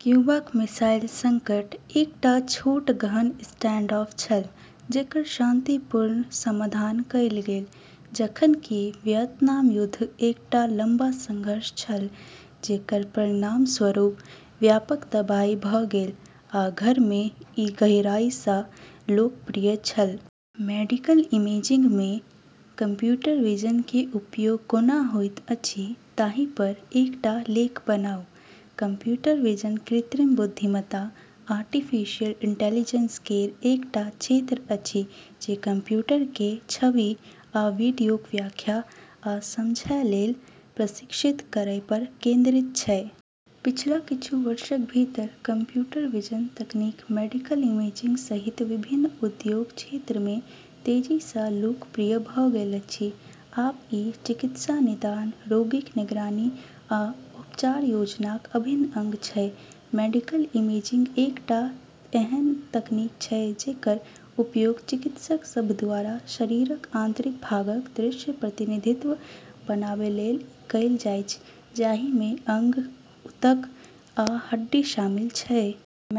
क्यूबाक missile संकट एकटा छोट, गहन स्टैंडऑफ छल जेकर शांतिपूर्ण समाधान कएल गेल, जखन कि वियतनाम युद्ध एकटा लम्बा संघर्ष छल जेकर परिणामस्वरूप व्यापक तबाही भऽ गेल आ घरमे ई गहराईसँ अलोकप्रिय छल। मेडिकल इमेजिंगमे कंप्यूटर विजन के उपयोग कोना होइत अछि ताहि पर एकटा लेख बनाउ। कंप्यूटर विजन कृत्रिम बुद्धिमत्ता आर्टिफिशियल इंटेलिजेंस केर एकटा क्षेत्र अछि जे कंप्यूटरकेँ छवि आ वीडियोक व्याख्या आ समझैलेल प्रशिक्षित करैपर केंद्रित छै। पिछला किछु वर्षक भीतर कंप्यूटर विजन तकनीक मेडिकल इमेजिंग सहित विभिन्न उद्योग क्षेत्रमे तेजीसँ लोकप्रिय भऽ गेल अछि। आब ई चिकित्सा निदान, रोगीक निगरानी, आ उपचार योजनाक अभिन्न अंग छै। मेडिकल इमेजिंग एकटा एहन तकनीक छै जेकर उपयोग चिकित्सक सभद्वारा शरीरक आंतरिक भागक दृश्य प्रतिनिधित्व बनाबैलेल कएल जाइछ, जाहिमे अंग, ऊतक आ हड्डी शामिल छै।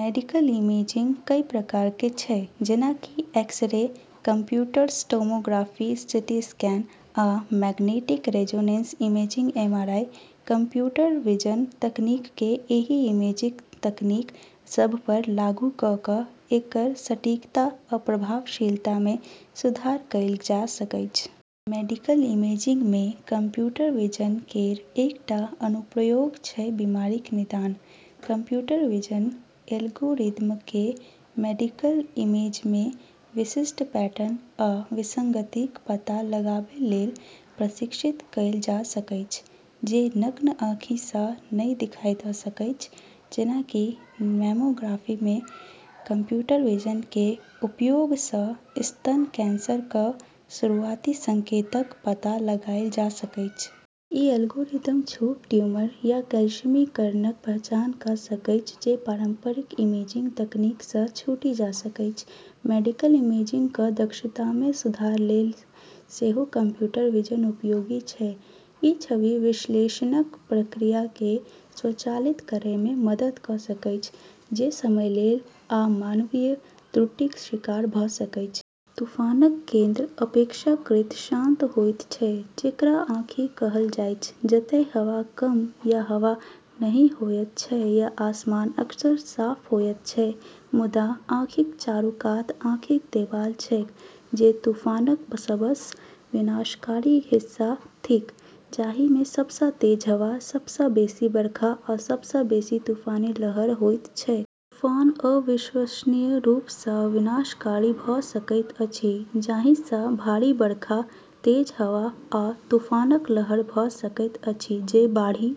मेडिकल इमेजिंगक कई प्रकार छै, जेना कि X-ray, computed tomography CT scan, आ magnetic resonance imaging MRI. Computer vision तकनीककेँ एहि इमेजिंग तकनीक सभपर लागू कऽ कऽ एकर सटीकता आ प्रभावशीलतामे सुधार कएल जा सकैछ। मेडिकल इमेजिंगमे कंप्यूटर विजन केर एकटा अनुप्रयोग छै बीमारीक निदान। कंप्यूटर विजन एल्गोरिदमकेँ मेडिकल इमेजमे विशिष्ट पैटर्न आ विसंगतिक पता लगाबैलेल प्रशिक्षित कएल जा सकैछ, जे नग्न आँखिसँ नहि दिखाई दऽ सकैछ। जेना कि मैमोग्राफीमे कंप्यूटर विजन के उपयोगसँ स्तन कैंसरक शुरुआती संकेतक पता लगाएल जा सकैछ। ई एल्गोरिदम छोट ट्यूमर या कैल्शियमीकरणक पहचान कऽ सकैछ जे पारंपरिक इमेजिंग तकनीकसँ छूटी जा सकैछ। मेडिकल इमेजिंगक दक्षतामे सुधारलेल सेहो कंप्यूटर विजन उपयोगी छै। ई छवि विश्लेषणक प्रक्रियाकेँ स्वचालित करैमे मदद कऽ सकैछ, जे समयलेल आ मानवीय त्रुटिक शिकार भऽ सकैछ। तूफानक केंद्र अपेक्षाकृत शांत होइत छै, जेकरा आँखि कहल जाइछ, जतए हवा कम या हवा नहि होइत छै आ आसमान अक्सर साफ होइत छै। मुदा, आँखिक चारूकात आँखिक देबाल छैक, जे तूफानक सबसँ विनाशकारी हिस्सा थिक, जाहिमे सबसँ तेज हवा, सबसँ बेसी बरखा, आ सबसँ बेसी तूफानी लहर होइत छैक। तूफान अविश्वसनीय रूपसँ विनाशकारी भऽ सकैत अछि, जाहिसँ भारी बरखा, तेज हवा, आ तूफानक लहर भऽ सकैत अछि जे बाढ़ि--